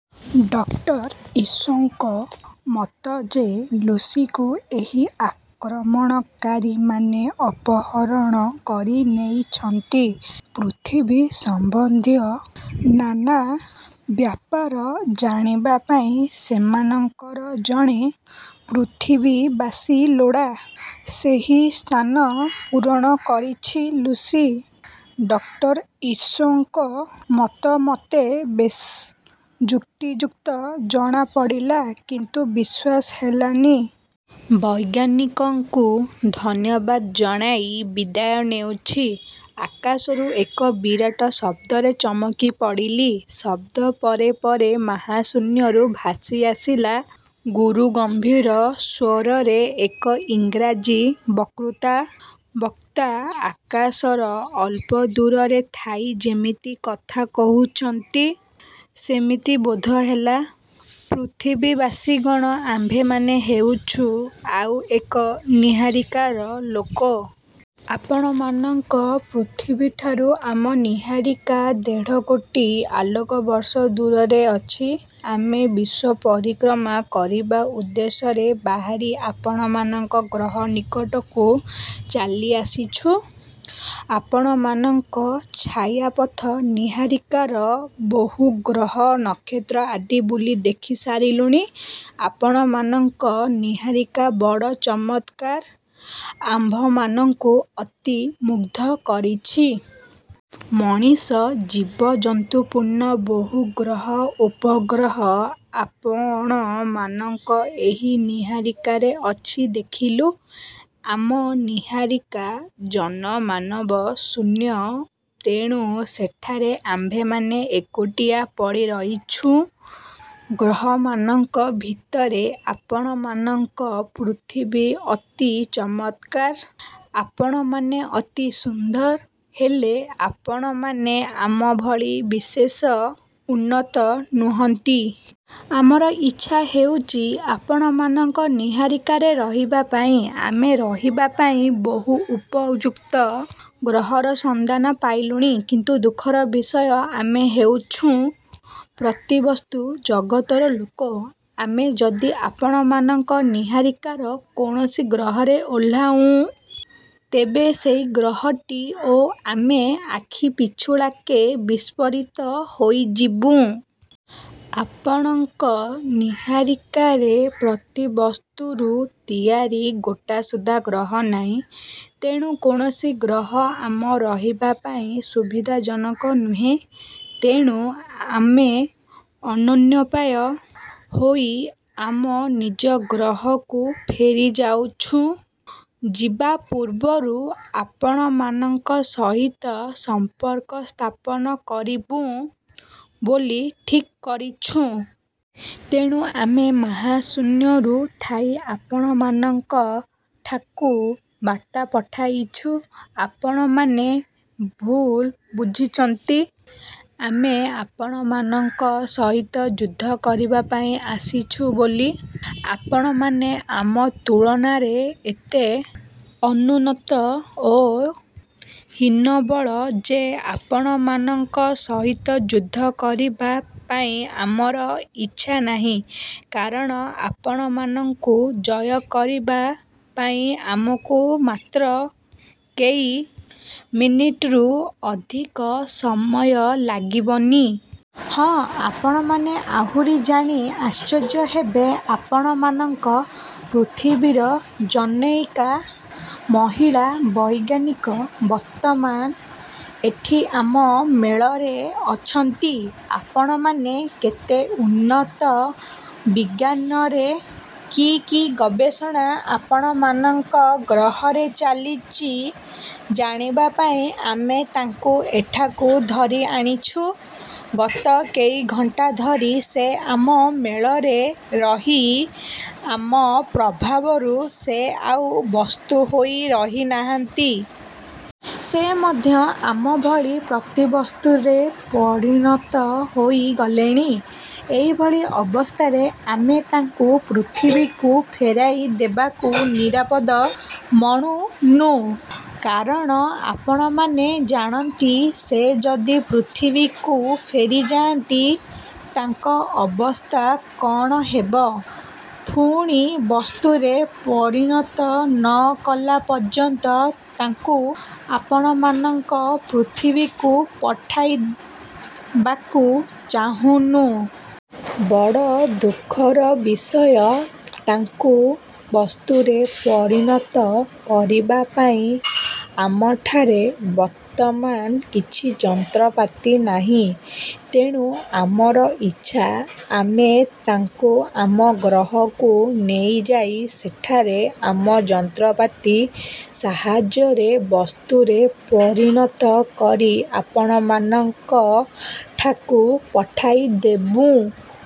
Doctor ଇସୋଙ୍କ ମତ ଯେ ଲୁସିକୁ ଏହି ଆକ୍ରମଣକାରୀମାନେ ଅପହରଣ କରି ନେଇଛନ୍ତି। ପୃଥିବୀ-ସମ୍ବନ୍ଧୀୟ ନାନା ବ୍ୟାପାର ଜାଣିବା ପାଇଁ ସେମାନଙ୍କର ଜଣେ ପୃଥିବୀବାସୀ ଲୋଡ଼ା, ସେହି ସ୍ଥାନ ପୂରଣ କରିଛି ଲୁସି। ଡକ୍ଟର ଇସୋଙ୍କ ମତ ମୋତେ ବେଶ ଯୁକ୍ତିଯୁକ୍ତ ଜଣାପଡ଼ିଲା କିନ୍ତୁ ବିଶ୍ୱାସ ହେଲାନି। ବୈଜ୍ଞାନିକଙ୍କୁ ଧନ୍ୟବାଦ ଜଣାଇ ବିଦାୟ ନେଉଛି, ଆକାଶରୁ ଏକ ବିରାଟ ଶବ୍ଦରେ ଚମକିପଡ଼ିଲି। ଶବ୍ଦ ପରେ ପରେ ମହାଶୂନ୍ୟରୁ ଭାସିଆସିଲା ଗୁରୁଗମ୍ଭୀର ସ୍ୱରରେ ଏକ ଇଂରାଜୀ ବକ୍ତୃତା ବକ୍ତା ଆକାଶର ଅଳ୍ପ ଦୂରରେ ଥାଇ ଯେମିତି କଥା କହୁଛନ୍ତି, ସେମିତି ବୋଧହେଲା। ପୃଥିବୀବାସୀଗଣ, ଆମ୍ଭେମାନେ ହେଉଛୁ ଆଉ ଏକ ନୀହାରିକାର ଲୋକ। ଆପଣମାନଙ୍କ ପୃଥିବୀଠାରୁ ଆମ ନୀହାରିକା ଦେଢ଼କୋଟି ଆଲୋକବର୍ଷ ଦୂରରେ ଅଛି। ଆମେ ବିଶ୍ୱ ପରିକ୍ରମା କରିବା ଉଦ୍ଦେଶ୍ୟରେ ବାହାରି ଆପଣମାନଙ୍କ ଗ୍ରହନିକଟକୁ ଚାଲି ଆସିଛୁ। ଆପଣମାନଙ୍କ ଛାୟାପଥ ନୀହାରିକାର ବହୁ ଗ୍ରହ ନକ୍ଷତ୍ର ଆଦି ବୁଲି ଦେଖିସାରିଲୁଣି। ଆପଣମାନଙ୍କ ନୀହାରିକା ବଡ଼ ଚମତ୍କାର, ଆମ୍ଭମାନଙ୍କୁ ଅତି ମୁଗ୍ଧ କରିଛି। ମଣିଷ ଜୀବଜନ୍ତୁପୂର୍ଣ୍ଣ ବହୁ ଗ୍ରହ ଉପଗ୍ରହ ଆପଣମାନଙ୍କ ଏହି ନୀହାରିକାରେ ଅଛି ଦେଖିଲୁ। ଆମ ନୀହାରିକା ଜନମାନବ ଶୂନ୍ୟ ତେଣୁ ସେଠାରେ ଆମ୍ଭେମାନେ ଏକୁଟିଆ ପଡ଼ିରହିଛୁ। ଗ୍ରହମାନଙ୍କ ଭିତରେ ଆପଣମାନଙ୍କ ପୃଥିବୀ ଅତି ଚମତ୍କାର। ଆପଣମାନେ ଅତି ସୁନ୍ଦର। ହେଲେ, ଆପଣମାନେ ଆମ ଭଳି ବିଶେଷ ଉନ୍ନତ ନୁହନ୍ତି। ଆମର ଇଚ୍ଛା ହେଉଛି, ଆପଣମାନଙ୍କ ନୀହାରିକାରେ ରହିବା ପାଇଁ। ଆମେ ରହିବାପାଇଁ ବହୁ ଉପଯୁକ୍ତ ଗ୍ରହର ସନ୍ଧାନ ପାଇଲୁଣି କିନ୍ତୁ ଦୁଃଖର ବିଷୟ, ଆମେ ହେଉଛୁଁ ପ୍ରତିବସ୍ତୁ ଜଗତର ଲୋକ। ଆମେ ଯଦି ଆପଣମାନଙ୍କ ନୀହାରିକାର କୌଣସି ଗ୍ରହରେ ଓଲ୍ହାଉଁ, ତେବେ ସେହି ଗ୍ରହଟି ଓ ଆମେ ଆଖିପିଛୁଳାକେ ବିସ୍ଫୋରିତ ହୋଇଯିବୁଁ। ଆପଣଙ୍କ ନୀହାରିକାରେ ପ୍ରତିବସ୍ତୁରୁ ତିଆରି ଗୋଟା ସୁଦ୍ଧା ଗ୍ରହ ନାହିଁ। ତେଣୁ କୌଣସି ଗ୍ରହ ଆମ ରହିବା ପାଇଁ ସୁବିଧାଜନକ ନୁହେଁ। ତେଣୁ ଆମେ ଅନନ୍ୟୋପାୟ ହୋଇ ଆମ ନିଜ ଗ୍ରହକୁ ଫେରିଯାଉଛୁଁ। ଯିବା ପୂର୍ବରୁ ଆପଣମାନଙ୍କ ସହିତ ସମ୍ପର୍କ ସ୍ଥାପନ କରିବୁଁ ବୋଲି ଠିକ୍ କରିଛୁଁ। ତେଣୁ ଆମେ ମାହାଶୂନ୍ୟରୁ ଥାଇ ଆପଣମାନଙ୍କଠାକୁ ବାର୍ତ୍ତା ପଠାଇଛୁ। ଆପଣମାନେ ଭୁଲ ବୁଝିଛନ୍ତି, ଆମେ ଆପଣମାନଙ୍କ ସହିତ ଯୁଦ୍ଧ କରିବା ପାଇଁ ଆସିଛୁ ବୋଲି। ଆପଣମାନେ ଆମ ତୁଳନାରେ ଏତେ ଅନୁନ୍ନତ ଓ ହୀନବଳ ଯେ ଆପଣମାନଙ୍କ ସହିତ ଯୁଦ୍ଧ କରିବା ପାଇଁ ଆମର ଇଚ୍ଛା ନାହିଁ, କାରଣ ଆପଣମାନଙ୍କୁ ଜୟ କରିବା ପାଇଁ ଆମକୁ ମାତ୍ର କେଇ ମିନିଟ୍ରୁ ଅଧିକ ସମୟ ଲାଗିବନି। ହଁ ଆପଣମାନେ ଆହୁରି ଜାଣି ଆଶ୍ଚର୍ଯ୍ୟ ହେବେ, ଆପଣମାନଙ୍କ ପୃଥିବୀର ଜନୈକା ମହିଳା ବୈଜ୍ଞାନିକ ବର୍ତ୍ତମାନ ଏଠି ଆମ ମେଳରେ ଅଛନ୍ତି। ଆପଣମାନେ କେତେ ଉନ୍ନତ ବିଜ୍ଞାନରେ କି କି ଗବେଷଣା ଆପଣମାନଙ୍କ ଗ୍ରହରେ ଚାଲିଛି ଜାଣିବା ପାଇଁ ଆମେ ତାଙ୍କୁ ଏଠାକୁ ଧରିଆଣିଛୁଁ। ଗତ କେଇ ଘଣ୍ଟା ଧରି ସେ ଆମ ମେଳରେ ରହି ଆମ ପ୍ରଭାବରୁ ସେ ଆଉ ବସ୍ତୁ ହୋଇ ରହିନାହାନ୍ତି। ସେ ମଧ୍ୟ ଆମ ଭଳି ପ୍ରତିବସ୍ତୁରେ ପରିଣତ ହୋଇ ଗଲେଣି। ଏଭଳି ଅବସ୍ଥାରେ ଆମେ ତାଙ୍କୁ ପୃଥିବୀକୁ ଫେରାଇ ଦେବାକୁ ନିରାପଦ ମଣୁନୁ। କାରଣ ଆପଣମାନେ ଜାଣନ୍ତି, ସେ ଯଦି ପୃଥିବୀକୁ ଫେରିଯାନ୍ତି, ତାଙ୍କ ଅବସ୍ଥା କ'ଣ ହେବ? ପୁଣି ବସ୍ତୁରେ ପରିଣତ ନ କଲା ପର୍ଯ୍ୟନ୍ତ ତାଙ୍କୁ ଆପଣମାନଙ୍କ ପୃଥିବୀକୁ ପଠାଇବାକୁ ଚାହୁଁନୁ। ବଡ଼ ଦୁଃଖର ବିଷୟ ତାଙ୍କୁ ବସ୍ତୁରେ ପରିଣତ କରିବା ପାଇଁ ଆମଠାରେ ବର୍ତ୍ତମାନ କିଛି ଯନ୍ତ୍ରପାତି ନାହିଁ। ତେଣୁ ଆମର ଇଚ୍ଛା, ଆମେ ତାଙ୍କୁ ଆମ ଗ୍ରହକୁ ନେଇଯାଇ ସେଠାରେ ଆମ ଯନ୍ତ୍ରପାତି ସାହାଯ୍ୟରେ ବସ୍ତୁରେ ପରିଣତ କରି ଆପଣମାନଙ୍କଠାକୁ ପଠାଇଦେବୁଁ।